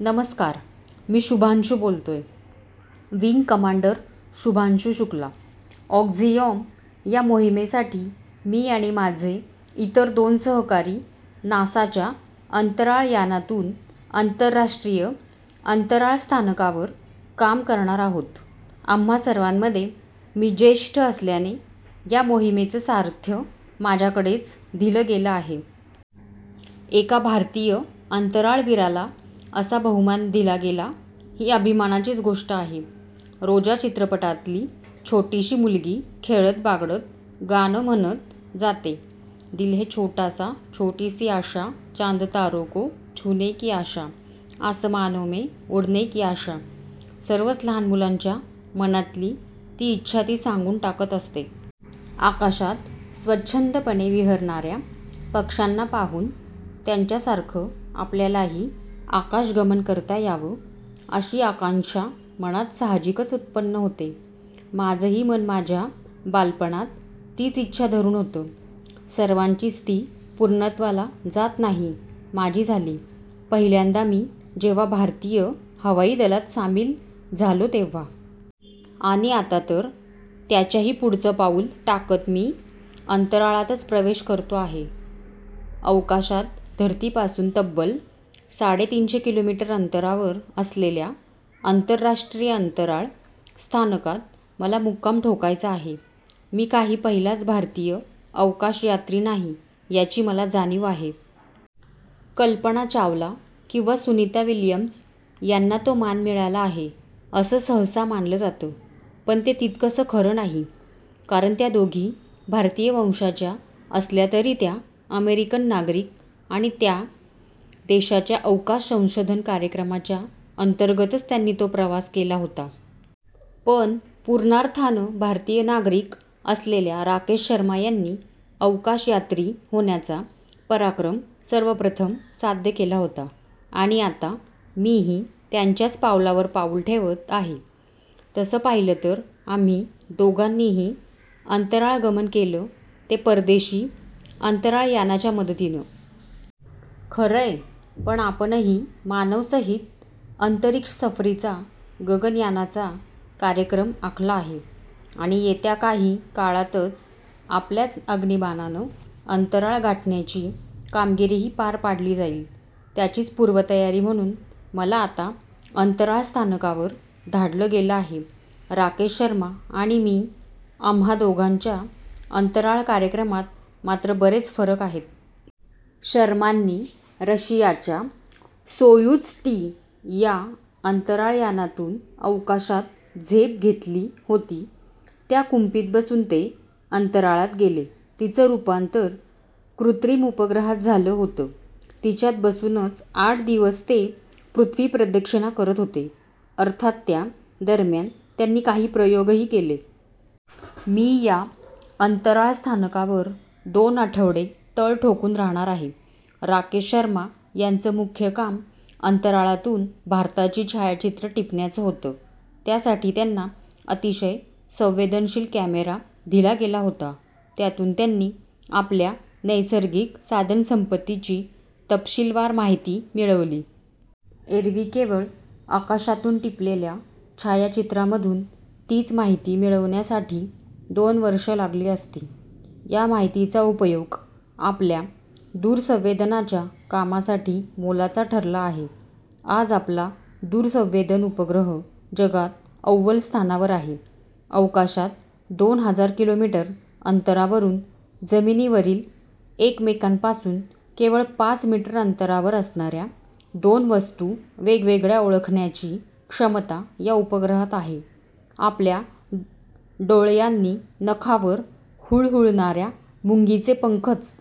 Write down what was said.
नमस्कार. मी शुभांशू बोलतोय. Wing commander Shubhanshu Shukla. 'Axiom ' या मोहिमेसाठी मी आणि माझे इतर दोन सहकारी नासाच्या अंतराळयानातून आंतरराष्ट्रीय अंतराळस्थानकावर काम करणार आहोत. आम्हा सर्वांमध्ये मी ज्येष्ठ असल्याने या मोहिमेचं सारथ्य माझ्याकडेच दिलं गेलं आहे. एका भारतीय अंतराळवीराला असा बहुमान दिला गेला, ही अभिमानाचीच गोष्ट आहे. 'रोजा' चित्रपटातली छोटीशी मुलगी खेळत, बागडत, गाणं म्हणत जाते- 'दिल है छोटासा, छोटीसी आशा, चांदतारोंको छुनेकी आशा, आसमानोंमे उडनेकी आशा'. सर्वच लहान मुलांच्या मनातली ती इच्छा ती सांगून टाकत असते. आकाशात स्वच्छंदपणे विहरणाऱ्या पक्ष्यांना पाहून त्याच्यासारखं आपल्यालाही आकाशगमन करता यावं, अशी आकांक्षा मनात साहजिकच उत्पन्न होते. माझंही मन माझ्या बालपणात तीच इच्छा धरून होतं. सर्वांचीच ती पूर्णत्वाला जात नाही; माझी झाली. पहिल्यांदा मी जेव्हा भारतीय हवाई दलात सामील झालो तेव्हा. आणि आता तर त्याच्याही पुढचं पाऊल टाकत मी अंतराळातच प्रवेश करतो आहे. अवकाशात धरतीपासून तब्बल साडेतीनशे किलोमीटर अंतरावर असलेल्या आंतरराष्ट्रीय अंतराळ स्थानकात मला मुक्काम ठोकायचा आहे. मी काही पहिलाच भारतीय अवकाशयात्री नाही, याची मला जाणीव आहे. कल्पना चावला किंवा सुनीता विल्यम्स यांना तो मान मिळाला आहे, असं सहसा मानलं जातं. पण ते तितकंसं खरं नाही. कारण त्या दोघी भारतीय वंशाच्या असल्या तरी त्या अमेरिकन नागरिक. आणि त्या देशाच्या अवकाश संशोधन कार्यक्रमाच्या अंतर्गतच त्यांनी तो प्रवास केला होता. पण पूर्णार्थानं भारतीय नागरिक असलेल्या राकेश शर्मा यांनी अवकाशयात्री होण्याचा पराक्रम सर्वप्रथम साध्य केला होता. आणि आता मीही त्यांच्याच पावलावर पाऊल ठेवत आहे. तसं पाहिलं तर आम्ही दोघांनीही अंतराळगमन केलं ते परदेशी अंतराळयानांच्या मदतीनं. खरंय! पण आपणही मानवसहित अंतरिक्षसफरीचा, गगनयानाचा, कार्यक्रम आखला आहे. आणि येत्या काही काळातच आपल्याच अग्निबाणानं अंतराळ गाठण्याची कामगिरीही पार पाडली जाईल. त्याचीच पूर्वतयारी म्हणून मला आता अंतराळस्थानकावर धाडलं गेलं आहे. राकेश शर्मा आणि मी, आम्हा दोघांच्या अंतराळकार्यक्रमात मात्र बरेच फरक आहेत. शर्मांनी रशियाच्या 'सोयुझ टी' या अंतराळयानातून अवकाशात झेप घेतली होती. ज्या कुपीत बसून ते अंतराळात गेले तिचं रूपांतर कृत्रिम उपग्रहात झालं होतं. तिच्यात बसूनच आठ दिवस ते पृथ्वीप्रदक्षिणा करत होते. अर्थात त्या दरम्यान त्यांनी काही प्रयोगही केले. मी या अंतराळस्थानकावर दोन आठवडे तळ ठोकून राहणार आहे. राकेश शर्मा यांचं मुख्य काम अंतराळातून भारताची छायाचित्रं टिपण्याचं होतं. त्यासाठी त्यांना अतिशय संवेदनशील कॅमेरा दिला गेला होता. त्यातून त्यांनी आपल्या नैसर्गिक साधनसंपत्तीची तपशीलवार माहिती मिळवली. एरवी केवळ आकाशातून टिपलेल्या छायाचित्रांमधून तीच माहिती मिळवण्यासाठी दोन वर्षं लागली असती. या माहितीचा उपयोग आपल्या दूरसंवेदनाच्या कामासाठी मोलाचा ठरला आहे. आज आपला दूरसंवेदन उपग्रह जगात अव्वल स्थानावर आहे. अवकाशात दोन हजार किलोमीटर अंतरावरून जमिनीवरील एकमेकांपासून केवळ पाच मीटर अंतरावर असणाऱ्या दोन वस्तू वेगवेगळ्या ओळखण्याची क्षमता या उपग्रहात आहे. आपल्या डोळ्यांनी नखावर हुळहुळणाऱ्या मुंगीचे पंखच